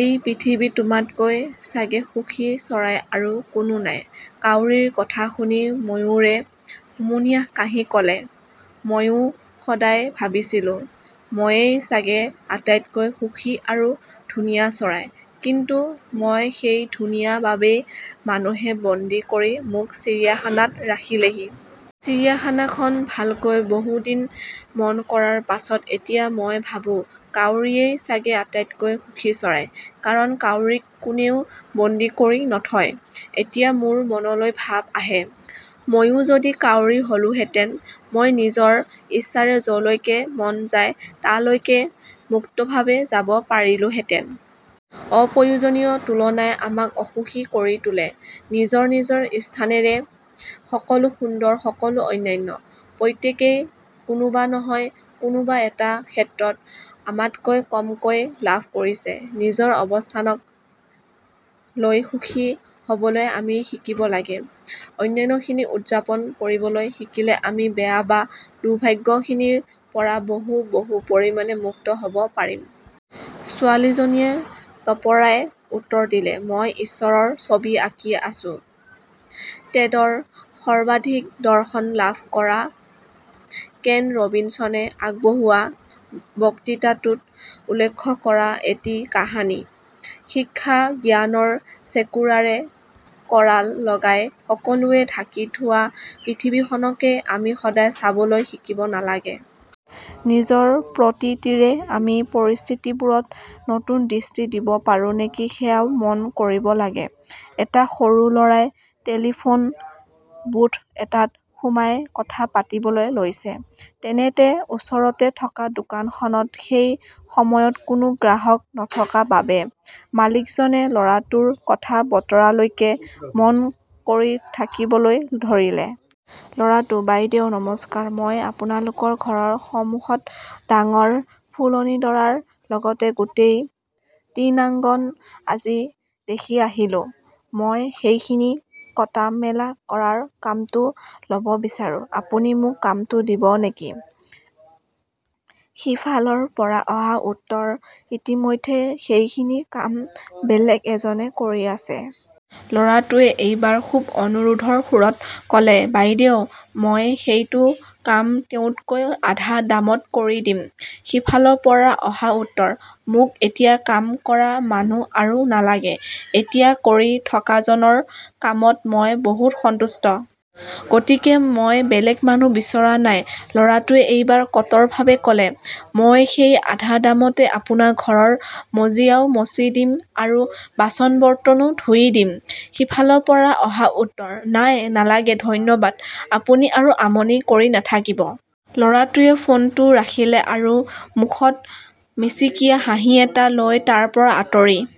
এই পৃথিৱীত তোমাতকৈ চাগে সুখী চৰাই আৰু কোনো নাই। "। কাউৰীৰ কথা শুনি ময়ূৰে হুমুনিয়াহ কাঢ়ি ক'লে— "মইয়ো সদায় ভাবিছিলোঁ, মইয়েই চাগে আটাইতকৈ সুখী আৰু ধুনীয়া চৰাই। কিন্তু মই সেই "ধূনীয়া" বাবেই মানুহে বন্দী কৰি মোক চিৰিয়াখানাতৰাখিলেহি। চিৰিয়াখানাখন ভালকৈ বহু দিন মন কৰাৰ পাছত এতিয়া মই ভাবোঁ— কাউৰীয়েই চাগে আটাইতকৈ সুখী চৰাই, কাৰণ কাউৰীক কোনেও বন্দী কৰি নথয়। এতিয়া মোৰ মনলৈ ভাৱ আহে— মইয়ো যদি কাউৰী হ'লোহেঁতেন মই নিজৰ ইচ্ছাৰে য'লৈকে মন যায় তালৈকে মুক্তভাৱে যাব পাৰিলোঁহেঁতেন! " অপ্ৰয়োজনীয় তুলনাই আমাক অসুখী কৰি তোলে। নিজৰ নিজৰ স্থানেৰে সকলো সুন্দৰ, সকলো অনন্য। প্ৰত্যেকেইকোনোবা নহয় কোনোবা এটা ক্ষেত্ৰত আমাতকৈ কমকৈ লাভ কৰিছে। নিজৰ অৱস্থানক লৈ সুখী হ'বলৈ আমি শিকিব লাগে। অনন্যখিনিক উৎযাপন কৰিবলৈ শিকিলে আমি বেয়া বা দুৰ্ভাগ্যখিনিৰ পৰা বহু বহু পৰিমাণে মুক্ত হ'ব পাৰিম। ছোৱালীজনীয়ে তপৰাই উত্তৰ দিলে— "মই ঈশ্বৰৰ ছবি আঁকি আছোঁ। " টেডৰ সৰ্বাধিক দৰ্শন লাভ কৰা, কেন ৰবিনশ্বনে আগবঢ়োৱা বক্তৃতাটোত উল্লেখ কৰা এটি কাহিনী। শিক্ষা:— জ্ঞানৰ চেকুৰাৰে কৰাল লগাই সকলোৱে ঢাকি থোৱা পৃথিৱীখনকে আমি সদায় চাবলৈ শিকিব নালাগে। নিজৰ প্ৰতীতিৰে আমি পৰিস্থিতিবোৰত নতুন দৃষ্টি দিব পাৰোঁ নেকি সেইয়াও মন কৰিব লাগে। এটা সৰু ল'ৰাই টেলিফ'ন বুথ এটাত সোমাই কথা পাতিবলৈ লৈছে। তেনেতে ওচৰতে থকা দোকানখনত সেই সময়ত কোনো গ্ৰাহক নথকা বাবে মালিকজনে ল'ৰাটোৰ কথা-বতৰালৈকে মন কৰিথাকিবলৈ ধৰিলে। ল'ৰাটো— "বাইদেউ নমস্কাৰ। মই আপোনালোকৰ ঘৰৰ সমুখৰ ডাঙৰ ফুলনিডৰাৰ লগতে গোটেই তৃণাঙ্গন আজি দেখি আহিলোঁ। মই সেইখিনি কটা-মেলা কৰাৰ কামটো ল'ব বিচাৰোঁ। আপুনি মোক কামটো দিব নেকি? " সিফালৰ পৰা অহা উত্তৰ— "ইতিমধ্যে সেইখিনি কাম বেলেগ এজনে কৰি আছে। " ল'ৰাটোৱে এইবাৰ খুৱ অনুৰোধৰ সুৰত ক'লে— "বাইদেউ মই সেইটো কাম তেওঁতকৈ আধা দামত কৰি দিম। " সিফালৰ পৰা অহা উত্তৰ— "মোক এতিয়া কাম কৰা মানুহ আৰু নালাগে। এতিয়া কৰি থকাজনৰ কামত মই বহুত সন্তুষ্ট। গতিকে মই বেলেগ মানুহ বিচৰা নাই। " ল'ৰাটোৱে এইবাৰ কাতৰভাৱে ক'লে— "মই সেই আধা দামতে আপোনাৰ ঘৰৰ মজিয়াও মছি দিম আৰু বাচন-বৰ্তনো ধুই দিম। " সিফালৰ পৰা অহা উত্তৰ— "নাই নালাগে। ধন্যবাদ। আপুনি আৰু আমনি কৰি নাথাকিব। " ল'ৰাটোৱে ফ'নটো ৰাখিলে আৰু মুখত মিচিকীয়া হাঁহি এটা লৈ তাৰ পৰা আঁতৰি